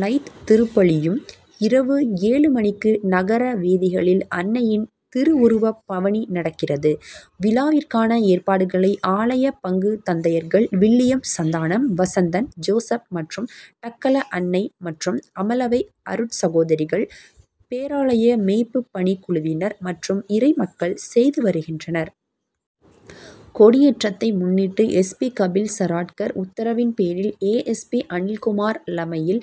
லைத் திருப்பலியும், இரவு ஏழு மணிக்கு நகர வீதிகளில் அன்னையின் திருவுருவப் பவனி நடக்கிறது. விழாவி ற்கான ஏற்பாடுகளை ஆல ய பங்கு தந்தையர்கள் வில்லியம் சந்தானம், வசந்தன், ஜோசப் மற்றும் டக்கல அன்னை மற்றும் அமலவை அருட்சகோதரிகள், பேராலய மேய்ப்புப் ப ணிக்குழுவினர் மற்றும் இறைமக்கள் செய்துவருகின்றனர். கொடியேற்றத் தை மு ன்னிட்டு எஸ். பி.,கபில்சராட்கர் உத்தரவின் பே ரில் ஏஎஸ்பி., அனில்குமார் லமையில்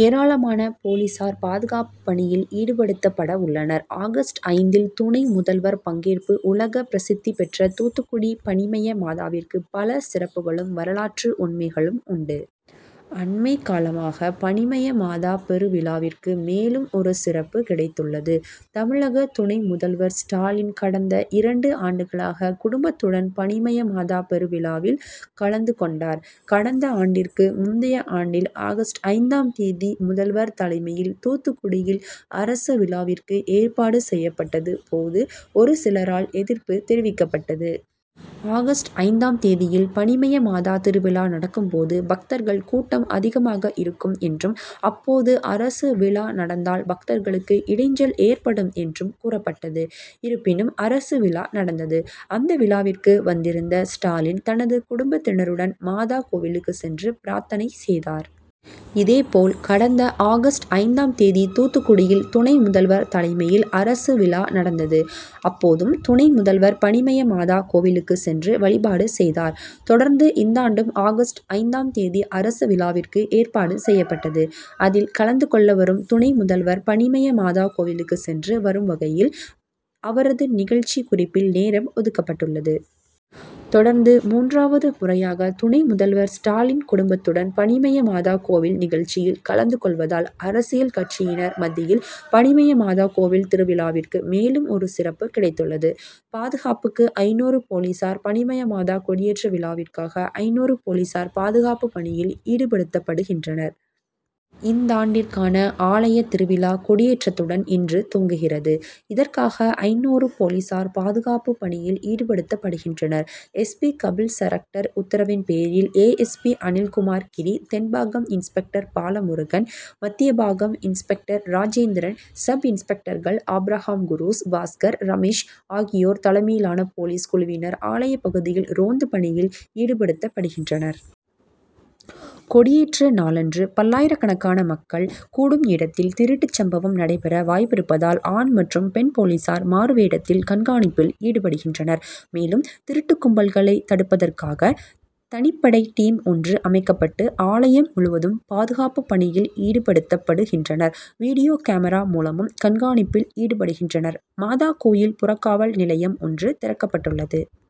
ஏராளமான போ லீசார் பாதுகாப்பு பணியில் ஈடுபடுத்தப்படவுள்ளனர். ஆகஸ்ட் ஐந்தில் துணை முதல்வர் பங்கேற்பு உலக பிரசித்தி பெற்ற தூத்துக்குடி பனிமய மாதாவிற்கு பல சிறப்புகளும், வரலாற்று உண்மைகளும் உண்டு. அண்மைகாலமாக பனிமய மாதா பெருவிழாவிற்கு மேலும் ஒரு சிறப்பு கிடைத்துள்ளது. தமிழக துணை முதல்வர் ஸ்டாலின் கடந்த இரண்டு ஆண்டுகளாக குடும்பத்துடன் பனிமயமாத பெருவிழாவில் கலந்து கொண்டார். கடந்த ஆண்டிற்கு முந்தைய ஆண்டில் ஆகஸ்ட்ஐந்தாம் தேதி முதல்வர் தலைமையில் தூத்துக்குடியில் அரசு விழாவிற்கு ஏற்பாடு செய்யப்பட்டது போது ஒரு சிலரால் எதிர்ப்பு தெரிவிக்கப்பட்டது. ஆகஸ்ட் ஐந்தாம் தேதியில் பனிமய மாதா திருவிழா நடக்கும் போது பக்தர்கள் கூட்டம் அதிகமாக இருக்கும் என்றும் அப்போது அரசு விழா நடந்தால் பக்தர்களுக்கு இடைஞ்சல் ஏற்படும் என்றும் கூறப்பட்டது. இருப்பினும் அரசு விழா நடந்தது. அந்த விழாவிற்கு வந்திருந்த ஸ்டாலின் தனது குடும்பத்தினருடன் மாதா கோவிலுக்கு சென்று பிராத்தனை செய்தார். இதேபோல் கடந்த ஆகஸ்ட் ஐந்தாம் தேதி தூத்துக்குடியில் துணை முதல்வர் தலைமையில் அரசு விழா நடந்தது. அப்போதும் துணை முதல்வர் பனிமய மாதா கோவிலுக்கு சென்று வழிபாடு செய்தார். தொடர்ந்து இந்தாண்டும் ஆகஸ்ட் ஐந்தாம் தேதி அரசு விழாவிற்கு ஏற்பாடு செய்யப்பட்டது. அதில் கலந்து கொள்ள வரும் துணை முதல்வர் பனிமய மாதா கோவிலுக்கு சென்று வரும் வகையில் அவரது நிகழ்ச்சி குறிப்பில் நேரம் ஒதுக்கப்பட்டுள்ளது. தொடர்ந்து மூன்றாவது முறையாக துணை முதல்வர் ஸ்டாலின் குடும்பத்துடன் பனிமய மாதா கோவில் நிகழ்ச்சியில் கலந்து கொள்வதால் அரசியல் கட்சியினர் மத்தியில் பனிமய மாதா கோவில் திருவிழாவிற்கு மேலும் ஒரு சிறப்பு கிடைத்துள்ளது. பாதுகாப்புக்கு ஐந்நூறு போலீசார் பனிமய மாதா கொடியேற்று விழாவிற்காக ஐந்நூறு போலீசார் பாதுகாப்பு பணியில் ஈடுபடுத்தப்படுகின்றனர். இந்தாண்டிற்கான ஆலய திருவிழா கொடியேற்றத்துடன் இன்று துவங்குகிறது. இதற்காக ஐந்நூறு போலீசார் பாதுகாப்பு பணியில் ஈடுபடுத்தப்படுகின்றனர். எஸ். பி., கபில்சரட்கர் உத்தரவின்பேரில் A. S. P., Anilkumar Giri, தென்பாகம் இன்ஸ்பெக்டர் பாலமுருகன், மத்தியபாகம் இன்ஸ்பெக்டர் ராஜேந்திரன், சப்-இன்ஸ்பெக்டர்கள் ஆபிரகாம் குரூஸ், பாஸ்கர், ரமேஷ் ஆகியோர் தலைமையிலான போலீஸ் குழுவினர் ஆலய பகுதியில் ரோந்து பணியில் ஈடுபடுத்தப்படுகின்றனர். கொடியேற்று நாளன்று பல்லாயிரக்கணக்கான மக்கள் கூடும் இடத்தில் திருட்டுச்சம்பவம் நடைபெற வாய்ப்பிருப்பதால் ஆண் மற்றும் பெண் போலீசார் மாறுவேடத்தில் கண்காணிப்பில் ஈடுபடுகின்றனர். மேலும் திருட்டுக்கும்பல்களை தடுப்பதற்காக தனிப்படை டீம் ஒன்று அமைக்கப்பட்டு ஆலயம் முழுவதும் பாதுகாப்பு பணியில் ஈடுபடுத்தப்படுகின்றனர். வீடியோ கேமரா மூலமும் கண்காணிப்பில் ஈடுபடுகின்றனர். மாதா கோயில் புறக்காவல் நிலையம் ஒன்று திறக்கப்பட்டுள்ளது.